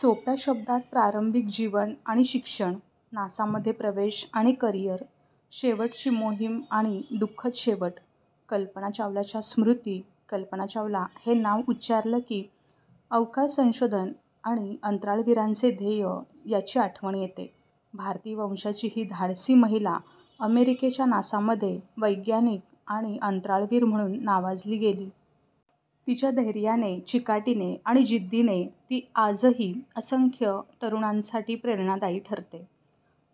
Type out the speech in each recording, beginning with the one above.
सोप्या शब्दात प्रारंभिक जीवन आणि शिक्षण, नासामध्ये प्रवेश आणि करिअर, शेवटची मोहिम आणि दुःखद शेवट, कल्पना चावलाच्या स्मृती, कल्पना चावला हे नाव उच्चारले की, अवकाश संशोधन आणि अंतराळवीरांचे ध्येय याची आठवण येते. भारतीय वंशाची ही धाडसी महिला अमेरिकेच्या नासामध्ये वैज्ञानिक आणि अंतराळवीर म्हणून नावाजली गेली. तिच्या धैर्याने, चिकाटीने आणि जिद्दीने ती आजही असंख्य तरुणांसाठी प्रेरणादायी ठरते.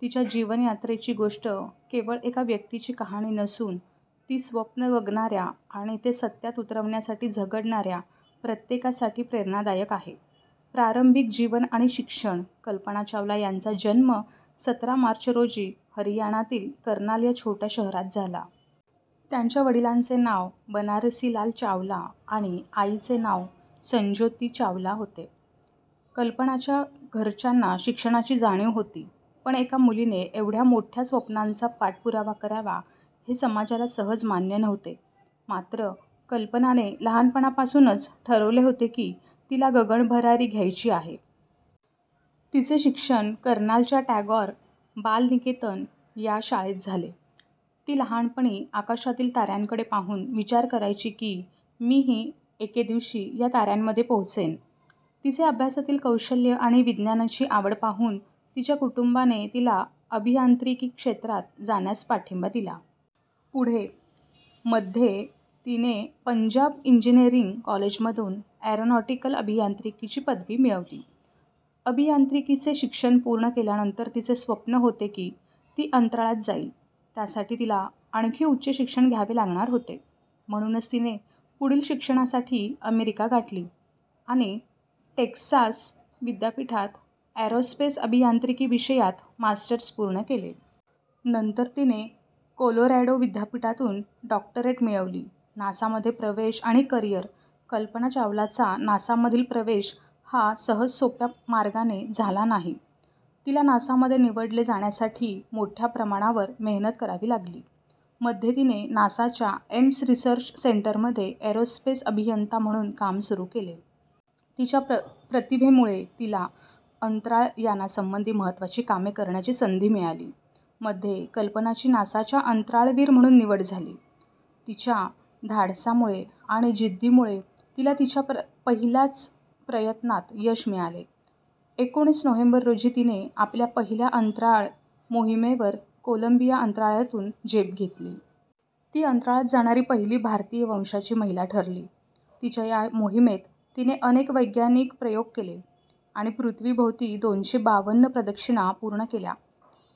तिच्या जीवनयात्रेची गोष्ट केवळ एका व्यक्तीची कहाणी नसून ती स्वप्न बघणाऱ्या आणि ते सत्यात उतरवण्यासाठी झगडणाऱ्या प्रत्येकासाठी प्रेरणादायक आहे. प्रारंभिक जीवन आणि शिक्षण, कल्पना चावला यांचा जन्म सतरा मार्च रोजी हरियाणातील कर्नाल या छोट्या शहरात झाला. त्यांच्या वडिलांचे नाव बनारसीलाल चावला आणि आईचे नाव संज्योती चावला होते. कल्पनाच्या घरच्यांना शिक्षणाची जाणीव होती, पण एका मुलीने एवढ्या मोठ्या स्वप्नांचा पाठपुरावा करावा, हे समाजाला सहज मान्य नव्हते. मात्र, कल्पनाने लहानपणापासूनच ठरवले होते की, तिला गगनभरारी घ्यायची आहे. तिचे शिक्षण कर्नालच्या टॅगोर बाल निकेतन या शाळेत झाले. ती लहानपणी आकाशातील ताऱ्यांकडे पाहून विचार करायची की, मीही एके दिवशी या ताऱ्यांमध्ये पोहोचेन. तिचे अभ्यासातील कौशल्य आणि विज्ञानाची आवड पाहून तिच्या कुटुंबाने तिला अभियांत्रिकी क्षेत्रात जाण्यास पाठिंबा दिला. पुढे, मध्ये तिने पंजाब इंजिनिअरिंग कॉलेजमधून एरोनॉटिकल अभियांत्रिकीची पदवी मिळवली. अभियांत्रिकीचे शिक्षण पूर्ण केल्यानंतर तिचे स्वप्न होते की, ती अंतराळात जाईल. त्यासाठी तिला आणखी उच्च शिक्षण घ्यावे लागणार होते. म्हणूनच तिने पुढील शिक्षणासाठी अमेरिका गाठली आणि टेक्सास विद्यापीठात एरोस्पेस अभियांत्रिकी विषयात मास्टर्स पूर्ण केले. नंतर तिने कोलोरॅडो विद्यापीठातून डॉक्टरेट मिळवली. नासामध्ये प्रवेश आणि करिअर, कल्पना चावलाचा नासामधील प्रवेश हा सहजसोप्या मार्गाने झाला नाही. तिला नासामध्ये निवडले जाण्यासाठी मोठ्या प्रमाणावर मेहनत करावी लागली. मध्ये तिने नासाच्या एम्स रिसर्च सेंटरमध्ये एरोस्पेस अभियंता म्हणून काम सुरू केले. तिच्या प्रतिभेमुळे तिला अंतराळ यानांसंबंधी महत्त्वाची कामे करण्याची संधी मिळाली. मध्ये, कल्पनाची नासाच्या अंतराळवीर म्हणून निवड झाली. तिच्या धाडसामुळे आणि जिद्दीमुळे तिला तिच्या पहिल्याच प्रयत्नात यश मिळाले. एकोणीस नोव्हेंबर रोजी तिने आपल्या पहिल्या अंतराळ मोहिमेवर कोलंबिया अंतराळयानातून झेप घेतली. ती अंतराळात जाणारी पहिली भारतीय वंशाची महिला ठरली. तिच्या या मोहिमेत तिने अनेक वैज्ञानिक प्रयोग केले आणि पृथ्वीभोवती दोनशे बावन्न प्रदक्षिणा पूर्ण केल्या.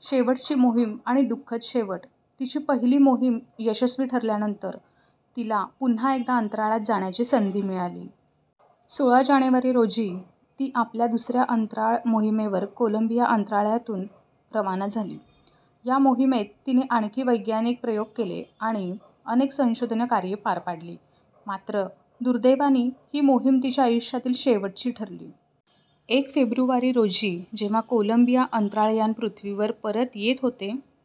शेवटची मोहिम आणि दुःखद शेवट, तिची पहिली मोहीम यशस्वी ठरल्यानंतर तिला पुन्हा एकदा अंतराळात जाण्याची संधी मिळाली. सोळा जानेवारी रोजी ती आपल्या दुसऱ्या अंतराळ मोहिमेवर कोलंबिया अंतराळयानातून रवाना झाली. या मोहिमेत तिने आणखी वैज्ञानिक प्रयोग केले आणि अनेक संशोधन कार्ये पार पाडली. मात्र, दुर्दैवाने ही मोहीम तिच्या आयुष्यातील शेवटची ठरली. एक फेब्रुवारी रोजी जेव्हा कोलंबिया अंतराळयान पृथ्वीवर परत येत होते,